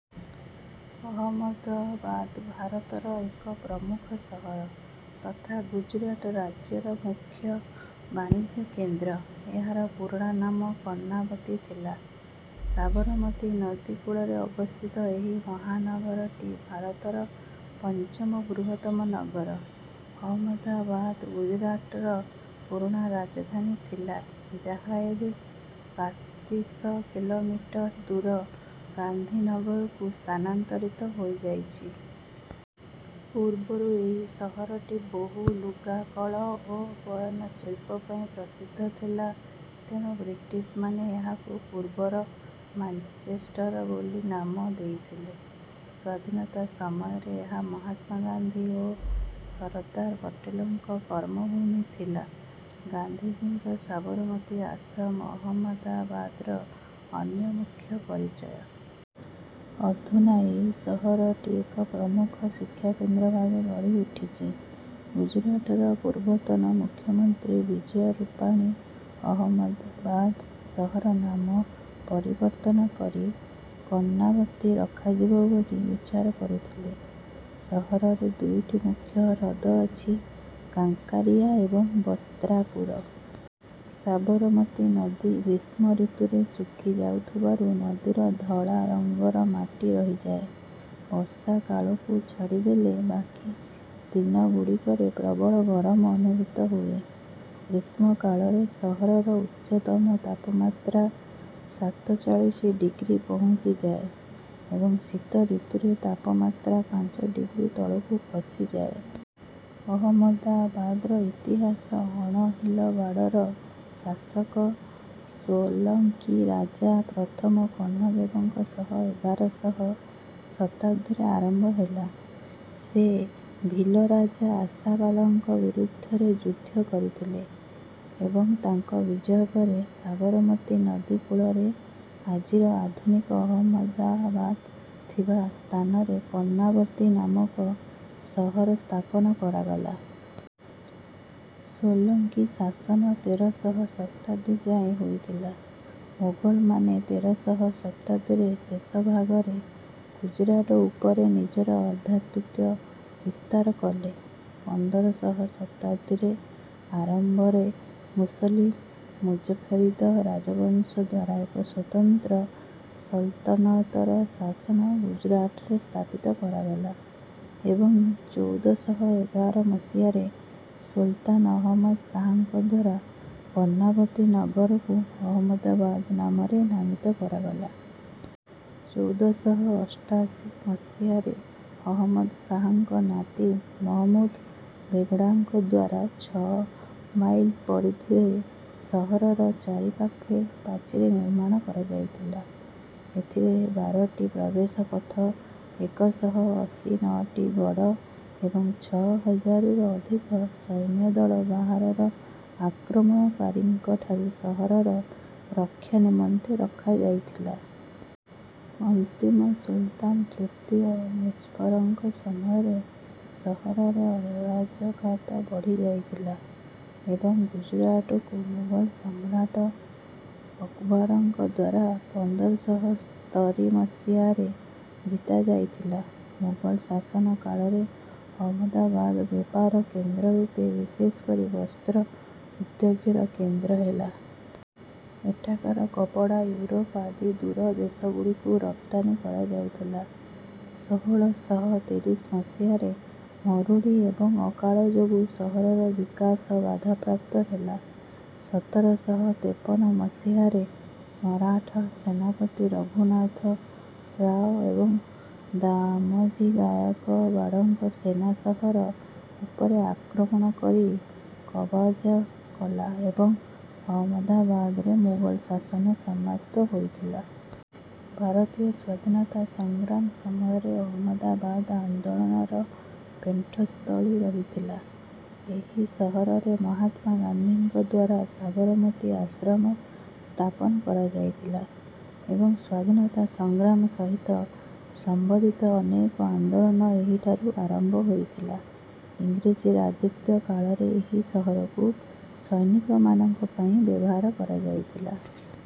ଅହମଦାବାଦ ଭାରତର ଏକ ପ୍ରମୁଖ ସହର ତଥା ଗୁଜରାଟ ରାଜ୍ୟର ମୁଖ୍ୟ ବାଣିଜ୍ୟ କେନ୍ଦ୍ର। ଏହାର ପୁରୁଣା ନାମ କର୍ଣ୍ଣାବତୀ ଥିଲା। ସାବରମତୀ ନଦୀ କୂଳରେ ଅବସ୍ଥିତ ଏହି ମହାନଗରଟି ଭାରତର ପଞ୍ଚମ ବୃହତ୍ତମ ନଗର। ଅହମଦାବାଦ ଗୁଜରାଟର ପୁରୁଣା ରାଜଧାନୀ ଥିଲା ଯାହା ଏବେ ବାତ୍ରିଶ କିଲୋମିଟର ଦୂର ଗାନ୍ଧୀନଗରକୁ ସ୍ଥାନାନ୍ତରିତ ହୋଇଯାଇଛି। ପୂର୍ବରୁ ଏହି ସହରଟି ବହୁ ଲୁଗାକଳ ଓ ବୟନଶିଳ୍ପ ପାଇଁ ପ୍ରସିଦ୍ଧ ଥିଲା ତେଣୁ ବ୍ରିଟିଶମାନେ ଏହାକୁ ପୂର୍ବର ମାଞ୍ଚେଷ୍ଟର ବୋଲି ନାମ ଦେଇଥିଲେ। ସ୍ୱାଧୀନତା ସମୟରେ ଏହା ମହାତ୍ମା ଗାନ୍ଧୀ ଓ ସରଦାର ପଟେଲଙ୍କ କର୍ମଭୂମି ଥିଲା। ଗାନ୍ଧୀଜୀଙ୍କ ସାବରମତୀ ଆଶ୍ରମ ଅହମଦାବାଦର ଅନ୍ୟ ମୁଖ୍ୟ ପରିଚୟ। ଅଧୁନା ଏହି ସହରଟି ଏକ ପ୍ରମୁଖ ଶିକ୍ଷା କେନ୍ଦ୍ର ଭାବେ ଗଢ଼ି ଉଠିଛି। ଗୁଜରାଟର ପୂର୍ବତନ ମୁଖ୍ୟମନ୍ତ୍ରୀ ବିଜୟ ରୂପାଣୀ ଅହମ୍ମଦାବାଦ ସହରର ନାମ ପରିବର୍ତ୍ତନ କରି କର୍ଣ୍ଣାବତୀ ରଖାଯିବ ବୋଲି ବିଚାର କରୁଥିଲେ। ସହରରେ ଦୁଇଟି ମୁଖ୍ୟ ହ୍ରଦ ଅଛି କାଙ୍କରିଆ ଏବଂ ବସ୍ତ୍ରାପୁର। ସାବରମତୀ ନଦୀ ଗ୍ରୀଷ୍ମ ଋତୁରେ ଶୁଖି ଯାଉଥିବାରୁ ନଦୀରେ ଧଳା ରଙ୍ଗର ମାଟି ରହିଯାଏ। ବର୍ଷା କାଳକୁ ଛାଡ଼ିଦେଲେ ବାକି ଦିନଗୁଡ଼ିକରେ ପ୍ରବଳ ଗରମ ଅନୁଭୂତ ହୁଏ। ଗ୍ରୀଷ୍ମ କାଳରେ ସହରର ଉଚ୍ଚତମ ତାପମାତ୍ରା ସାତଚାଳିଶି ଡିଗ୍ରୀ ପହଞ୍ଚିଯାଏ ଏବଂ ଶୀତ ଋତୁରେ ତାପମାତ୍ରା ପାଞ୍ଚ ଡିଗ୍ରୀ ତଳକୁ ଖସିଯାଏ। ଅହମଦାବାଦର ଇତିହାସ ଅଣହିଲବାଡ଼ର ଶାସକ ସୋଲଙ୍କୀ ରାଜା ପ୍ରଥମ କର୍ଣ୍ଣଦେବଙ୍କ ସହ ଏଗାରଶହ ଶତାବ୍ଦୀରେ ଆରମ୍ଭ ହେଲା। ସେ ଭୀଲ ରାଜା ଆଶାପାଲଙ୍କ ବିରୁଦ୍ଧରେ ଯୁଦ୍ଧ କରିଥିଲେ ଏବଂ ତାଙ୍କ ବିଜୟ ପରେ ସାବରମତୀ ନଦୀ କୂଳରେ ଆଜିର ଆଧୁନିକ ଅହମଦାବାଦ ଥିବା ସ୍ଥାନରେ କର୍ଣ୍ଣାବତୀ ନାମକ ସହର ସ୍ଥାପନା କରାଗଲା। ସୋଲଙ୍କୀ ଶାସନ ତେରଶହ ଶତାବ୍ଦୀ ଯାଏଁ ହୋଇଥିଲା ମୋଗଲମାନେ ତେରଶହ ଶତାବ୍ଦୀର ଶେଷ ଭାଗରେ ଗୁଜରାଟ ଉପରେ ନିଜର ଆଧିପତ୍ୟ ବିସ୍ତାର କଲେ। ପନ୍ଦରଶହ ଶତାବ୍ଦୀର ଆରମ୍ଭରେ ମୁସଲିମ ମୁଜଫରିଦ ରାଜବଂଶ ଦ୍ୱାରା ଏକ ସ୍ୱତନ୍ତ୍ର ସଲତନତର ଶାସନ ଗୁଜରାଟରେ ସ୍ଥାପିତ କରାଗଲା ଏବଂ ଚଉଦ ଶହ ଏଗାର ମସିହାରେ ସୁଲତାନ ଅହମଦ ଶାହଙ୍କ ଦ୍ୱାରା କର୍ଣ୍ଣାବତୀ ନଗରକୁ ଅହମଦାବାଦ ନାମରେ ନାମିତ କରାଗଲା। ଚଉଦ ଶହ ଅଷ୍ଟାଶୀ ମସିହାରେ ଅହମଦ ଶାହଙ୍କ ନାତି ମହମୁଦ ବେଗଡ଼ାଙ୍କ ଦ୍ୱାରା ଛଅ ମାଇଲ ପରିଧିରେ ସହର ଚାରିପାଖେ ପାଚେରୀ ନିର୍ମାଣ କରାଯାଇଥିଲା। ଏଥିରେ ବାରଟି ପ୍ରବେଶ ପଥ ଏକ ଶହ ଅଶୀ ନଅଟି ଗଡ଼ ଏବଂ ଛଅ ହଜାରରୁ ଅଧିକ ସୈନ୍ୟଦଳ ବାହାରର ଆକ୍ରମଣକାରୀଙ୍କ ଠାରୁ ସହର ରକ୍ଷା ନିମନ୍ତେ ରଖାଯାଇଥିଲା। ଅନ୍ତିମ ସୁଲତାନ ତୃତୀୟ ମୁଜଫରଙ୍କ ସମୟରେ ସହରରେ ଅରାଜକତା ବଢ଼ି ଯାଇଥିଲା ଏବଂ ଗୁଜରାଟକୁ ମୋଗଲ ସମ୍ରାଟ ଅକବରଙ୍କ ଦ୍ୱାରା ପନ୍ଦର ଶହ ସ୍ତରୀ ମସିହାରେ ଜିତା ଯାଇଥିଲା। ମୋଗଲ ଶାସନ କାଳରେ ଅହମଦାବାଦ ବେପାର କେନ୍ଦ୍ର ରୂପେ ବିଶେଷ କରି ବସ୍ତ୍ର ଉଦ୍ୟୋଗର କେନ୍ଦ୍ର ହେଲା। ଏଠାକାର କପଡ଼ା ୟୁରୋପ ଆଦି ଦୂର ଦେଶଗୁଡ଼ିକୁ ରପ୍ତାନି କରାଯାଉଥିଲା। ଷୋହଳ ଶହ ତିରିଶ ମସିହାର ମରୁଡ଼ି ଏବଂ ଅକାଳ ଯୋଗୁଁ ସହରର ବିକାଶ ବାଧାପ୍ରାପ୍ତ ହେଲା। ସତର ଶହ ତେପନ ମସିହାରେ ମରାଠା ସେନାପତି ରଘୁନାଥ ରାଓ ଏବଂ ଦାମଜୀ ଗାୟକବାଡ଼ଙ୍କ ସେନା ସହର ଉପରେ ଆକ୍ରମଣ କରି କବଜା କଲା ଏବଂ ଅହମଦାବାଦରେ ମୋଗଲ ଶାସନ ସମାପ୍ତ ହୋଇଥିଲା। ଭାରତୀୟ ସ୍ୱାଧୀନତା ସଂଗ୍ରାମ ସମୟରେ ଅହମଦାବାଦ ଆନ୍ଦୋଳନର ପେଣ୍ଠସ୍ଥଳୀ ରହିଥିଲା। ଏହି ସହରରେ ମହାତ୍ମା ଗାନ୍ଧୀଙ୍କ ଦ୍ୱାରା ସାବରମତୀ ଆଶ୍ରମ ସ୍ଥାପନା କରାଯାଇଥିଲା ଏବଂ ସ୍ୱାଧୀନତା ସଂଗ୍ରାମ ସହିତ ସମ୍ବନ୍ଧିତ ଅନେକ ଆନ୍ଦୋଳନ ଏହିଠାରୁ ଆରମ୍ଭ ହୋଇଥିଲା। ଇଂରେଜ ରାଜତ୍ୱ କାଳରେ ଏହି ସହରକୁ ସୈନିକମାନଙ୍କ ପାଇଁ ବ୍ୟବହାର କରାଯାଇଥିଲା।